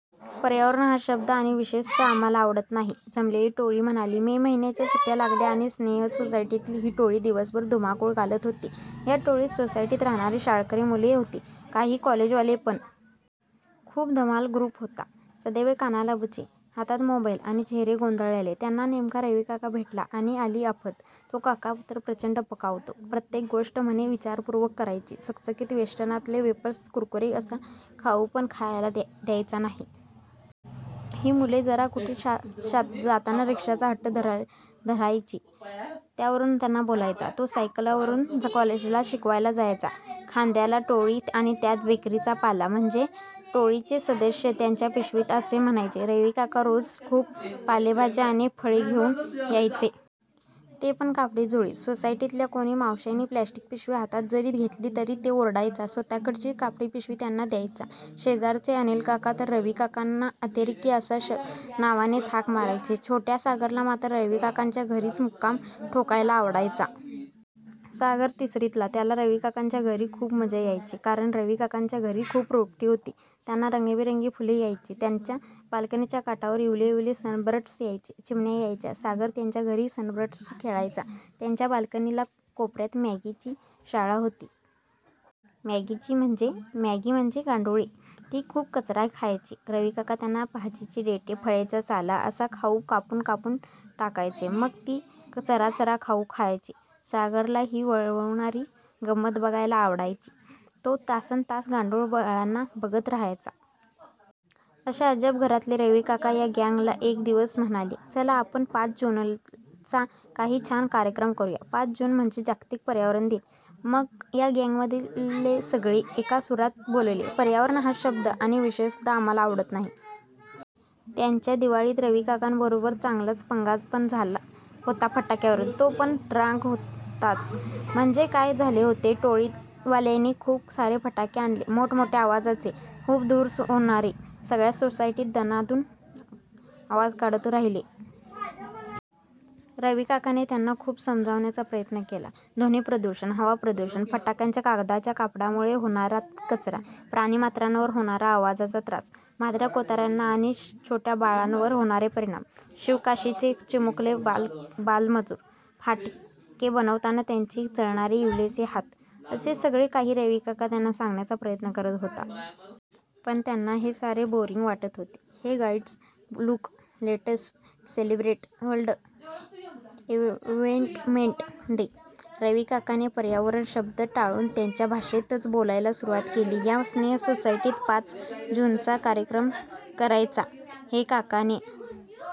पर्यावरण हा शब्द आणि विषय सुद्धा आम्हाला आवडत नाही,' जमलेली टोळी म्हणाली. मे महिन्याच्या सुट्ट्या लागल्या आणि स्नेह सोसायटीतली ही टोळी दिवसभर धुमाकूळ घालत होती. या टोळीत सोसायटीत राहणारी शाळकरी मुले होती, काही कॉलेजवाले पण! खूप धमाल ग्रुप होता. सदैव कानाला बुचे, हातात मोबाईल आणि चेहरे गोंधळलेले! त्यांना नेमका रविकाका भेटला. आणि आली आफत! तो काका तर प्रचंड पकावतो. प्रत्येक गोष्ट म्हणे विचारपूर्वकच करायची. चकचकीत वेष्टनातले वेफर्स, कुरकुरे असा खाऊ पण खायला द्या द्यायचा नाही. ही मुले जरा कुठे शा शा जाताना रिक्षाचा हट्ट धरा धरायची, त्यावरून त्यांना बोलायचा. तो स्वतः सायकलवरून कॉलेजला शिकवायला जायचा. खांद्याला टोळीत आणि त्यात 'बकरीचा पाला'! म्हणजे टोळीचे सदस्य त्याच्या पिशवीला असे म्हणायचे. रविकाका रोज खूप पालेभाज्या आणि फळे घेऊन यायचा. ते पण कापडी झोळीत. सोसायटीतल्या कोणी मावश्यांनी प्लास्टिक पिशवी हातात जरी घेतली तरी तो ओरडायचा, स्वतःकडची कापडी पिशवी त्यांना द्यायचा. शेजारचे अनिलकाका तर रविकाकनां'अतिरेकी' अशा नावानेच हाक मारायचे. छोट्या सागरला मात्र रविकाकाच्या घरीच मुक्काम ठोकायला आवडायचा. सागर तिसरीतला. त्याला रविकाकाच्या घरी खूप मजा यायची, कारण रविकाकाच्या घरी खूप रोपटी होती. त्यांना रंगीबेरंगी फुले यायची. त्याच्या बाल्कनीच्या काटावर इवले इवले सनबर्ड्स यायचे. चिमण्या यायच्या. सागर त्याच्या घरी सनबर्डश खेळायचा. त्याच्या बाल्कनीला कोपऱ्यात मॅगीची शाळा होती. मॅगीची म्हणजेमॅगी म्हणजे गांडुळे. ती खूप कचरा खायची. रविकाका त्यांना भाज्यांची देठे, फळांच्या साली असा खाऊ कापून कापून टाकायचा. मग ती चराचरा खाऊ खायची. सागरला ही वळवळणारी गंमत बघायला आवडायची. तो तासनतास गांडूळ बागळांना बघत राहायचा. अशा अजब घरातले रविकाका या गँगला एक दिवस म्हणाले, 'चला आपण पाच जूनचा काही छान कार्यक्रम करूया. पाच जून म्हणजे जागतिक पर्यावरण दिन' मग या गँगमधले सगळे एका सुरात बोलले 'पर्यावरण हा शब्द आणि विषय सुद्धा आम्हाला आवडत नाही!' त्यांचा दिवाळीत रविकाकाबरोबर चांगलाच पंगा पण झाला होता फटाक्यांवरून, तो पण ट्राक होताच. म्हणजे काय झाले होते, टोळीवाल्यांनी खूप सारे फटाके आणले. मोठ्या मोठ्या आवाजाचे, खूप धूर होणारे. सगळ्या सोसायटीत दणाणून आवाज काढत राहिले. रविकाकाने त्यांना खूप समजावण्याचा प्रयत्न केला. ध्वनी प्रदूषण, हवा प्रदूषण, फटाक्याच्या कागदाच्या कप डयामुळे होणारा कचरा, प्राणीमात्रांना होणारा आवाजाचा त्रास, म्हाताऱ्या-कोताऱ्यांना आणि छोट्या बाळांवर होणारे परिणाम, शिवकाशीचे चिमुकले बालमजूर, फटाके बनवताना त्यांचे जळणारे इवलेसे हात असे सगळे काही रविकाका त्यांना सांगायचा प्रयत्न करत होता. पण त्यांना हे सारे बोअरिंग वाटत होते. 'Hey guys, look let's celebrate world environment day!' रविकाकाने पर्यावरण शब्द टाळून त्यांच्या भाषेतच बोलायला सुरुवात केली. या स्नेह सोसायटीत पाच जूनचा कार्यक्रम करायचा हे रविकाकाने